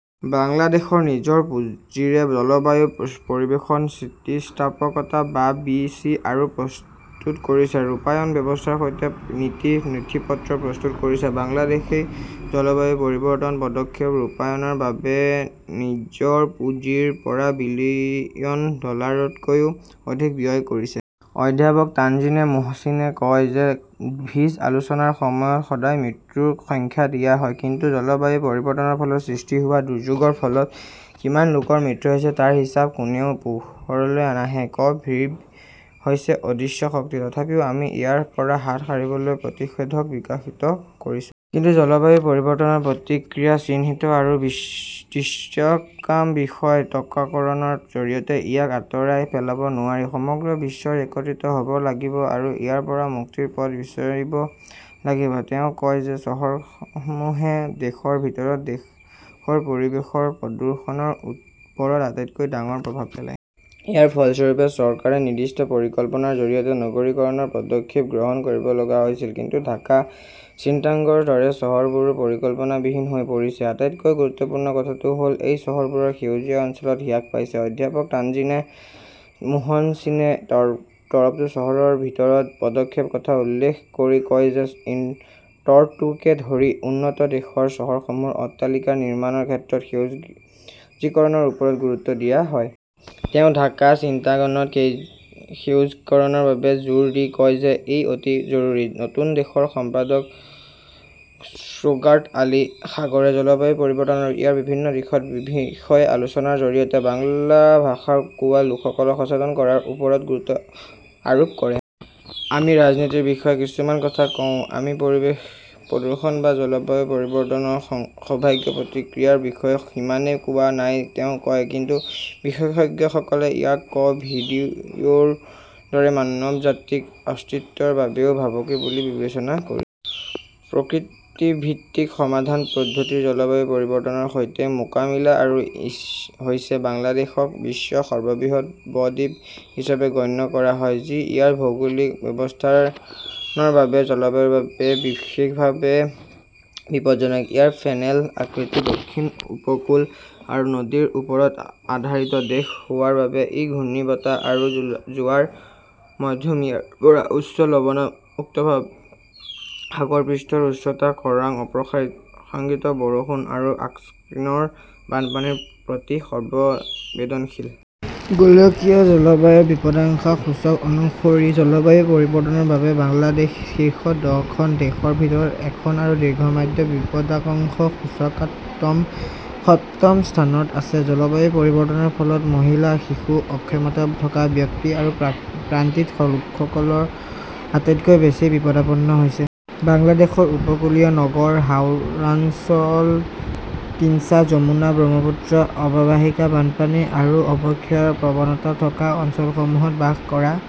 বাংলাদেশই নিজৰ পুঁজিৰে জলবায়ু পৰিৱৰ্তন স্থিতিস্থাপকতা বা বি. চি. আৰ. প্ৰস্তুত কৰিছে, ৰূপায়ণ ব্যৱস্থাৰ সৈতে নীতি নথিপত্ৰ প্ৰস্তুত কৰিছে। বাংলাদেশই জলবায়ু পৰিৱৰ্তন পদক্ষেপ ৰূপায়ণৰ বাবে নিজৰ পুঁজিৰ পৰা বিলিয়ন ডলাৰতকৈও অধিক ব্যয় কৰিছে। অধ্যাপক তানজিনা মোহচিনে কয় যে ক "ভিড আলোচনাৰ সময়ত সদায় মৃত্যুৰ সংখ্যা দিয়া হয়। কিন্তু জলবায়ু পৰিৱৰ্তনৰ ফলত সৃষ্টি হোৱা দুৰ্যোগৰ ফলত কিমান লোকৰ মৃত্যু হৈছে তাৰ হিচাপ কেতিয়াও পোহৰলৈ নাহে। ক "ভিড হৈছে অদৃশ্য শক্তি, তথাপিও আমি ইয়াৰ পৰা হাত সাৰিবলৈ প্ৰতিষেধক বিকশিত কৰিছো। কিন্তু জলবায়ু পৰিৱৰ্তনৰ প্ৰতিক্ৰিয়া চিহ্নিত আৰু দৃশ্যমান বিষয়। টিকাকৰণৰ জৰিয়তে ইয়াক আঁতৰাই পেলাব নোৱাৰি। সমগ্ৰ বিশ্বই একত্ৰিত হ "ব লাগিব আৰু ইয়াৰ পৰা মুক্তিৰ পথ বিচাৰিব লাগিব। তেওঁ কয় যে চহৰসমূহে দেশৰ ভিতৰত দেশৰ পৰিৱেশৰ প্ৰদূষণৰ ওপৰত আটাইতকৈ ডাঙৰ প্ৰভাৱ পেলায়। ইয়াৰ ফলস্বৰূপে চৰকাৰে নিৰ্দিষ্ট পৰিকল্পনাৰ জৰিয়তে নগৰীকৰণৰ পদক্ষেপ গ্ৰহণ কৰিব লগা হৈছিল। কিন্তু ঢাকা চিটাগংৰ দৰে চহৰবোৰ পৰিকল্পনাবিহীন হৈ পৰিছে। আটাইতকৈ গুৰুত্বপূৰ্ণ কথাটো হ "ল, এই চহৰবোৰত সেউজীয়া অঞ্চল হ্ৰাস পাইছে। অধ্যাপক তানজিনা মোহচিনে টৰন্টো চহৰৰ বিভিন্ন পদক্ষেপৰ কথা উল্লেখ কৰি কয় যে টৰন্টোকে ধৰি উন্নত দেশৰ চহৰসমূহত অট্টালিকা নিৰ্মাণৰ ক্ষেত্ৰত সেউজীকৰণৰ ওপৰত গুৰুত্ব দিয়া হয়। তেওঁ ঢাকা চিটাগঙত সেউজকৰণৰ বাবে জোৰ দি কয় যে ই অতি জৰুৰী। নতুন দেশৰ সম্পাদক শ্বোগাট আলী সাগৰে জলবায়ু পৰিৱৰ্তন আৰু ইয়াৰ বিভিন্ন দিশৰ বিষয়ে আলোচনাৰ জৰিয়তে বাংলা ভাষা কোৱা লোকসকলক সচেতন কৰাৰ ওপৰত গুৰুত্ব আৰোপ কৰে। "আমি ৰাজনীতিৰ বিষয়ে যিমান কথা কওঁ, আমি পৰিৱেশ প্ৰদূষণ বা জলবায়ু পৰিৱৰ্তনৰ সম্ভাৱ্য প্ৰতিক্ৰিয়াৰ বিষয়ে সিমানেই কোৱা নাই", তেওঁ কয়। কিন্তু বিশেষজ্ঞসকলে ইয়াক ক "ভিডৰ দৰে মানৱজাতিৰ অস্তিত্বৰ বাবেও ভাবুকি বুলি বিবেচনা কৰিছে। প্ৰকৃতিভিত্তিক সমাধান পদ্ধতিত জলবায়ু পৰিৱৰ্তনৰ সৈতে মোকাবিলা কৰা হৈছেবাংলাদেশক বিশ্বৰ সৰ্ববৃহৎ ব-দ্বীপ হিচাপে গণ্য কৰা হয়, যি ইয়াৰ ভৌগোলিক অৱস্থানৰ বাবে জলবায়ুৰ বাবে বিশেষভাৱে বিপদজনক। ইয়াৰ ফেনেল-আকৃতিৰ দক্ষিণ উপকূল আৰু নদীৰ ওপৰত আধাৰিত দেশ হোৱাৰ বাবে ই ঘূৰ্ণীবতাহ আৰু জোৱাৰ, মধ্যমীয়াৰ পৰা উচ্চ লবণাক্ততা, সাগৰ পৃষ্ঠৰ উচ্চতা, খৰাং, অপ্ৰাসংগিক বৰষুণ আৰু আকস্মিক বানপানীৰ প্ৰতি সংবেদনশীল। গোলকীয় জলবায়ু বিপদাশংকা সূচক অনুসৰি, জলবায়ু পৰিৱৰ্তনৰ বাবে বাংলাদেশ শীৰ্ষ দহখন দেশৰ ভিতৰত এখন আৰু দীৰ্ঘম্যাদী বিপদাশংকা সূচকাংকত সপ্তম স্থানত আছে। জলবায়ু পৰিৱৰ্তনৰ ফলত মহিলা, শিশু, অক্ষমতা থকা ব্যক্তি আৰু প্ৰান্তিক লোকসকল আটাইতকৈ বেছি বিপদাপন্ন হৈছে। বাংলাদেশৰ উপকূলীয় নগৰ, হাওৰাঞ্চল, তিষ্টা-যমুনা-ব্ৰহ্মপুত্ৰ অৱবাহিকাৰ বানপানী আৰু অৱক্ষয়ৰ প্ৰৱণতা থকা অঞ্চলসমূহত বাস কৰা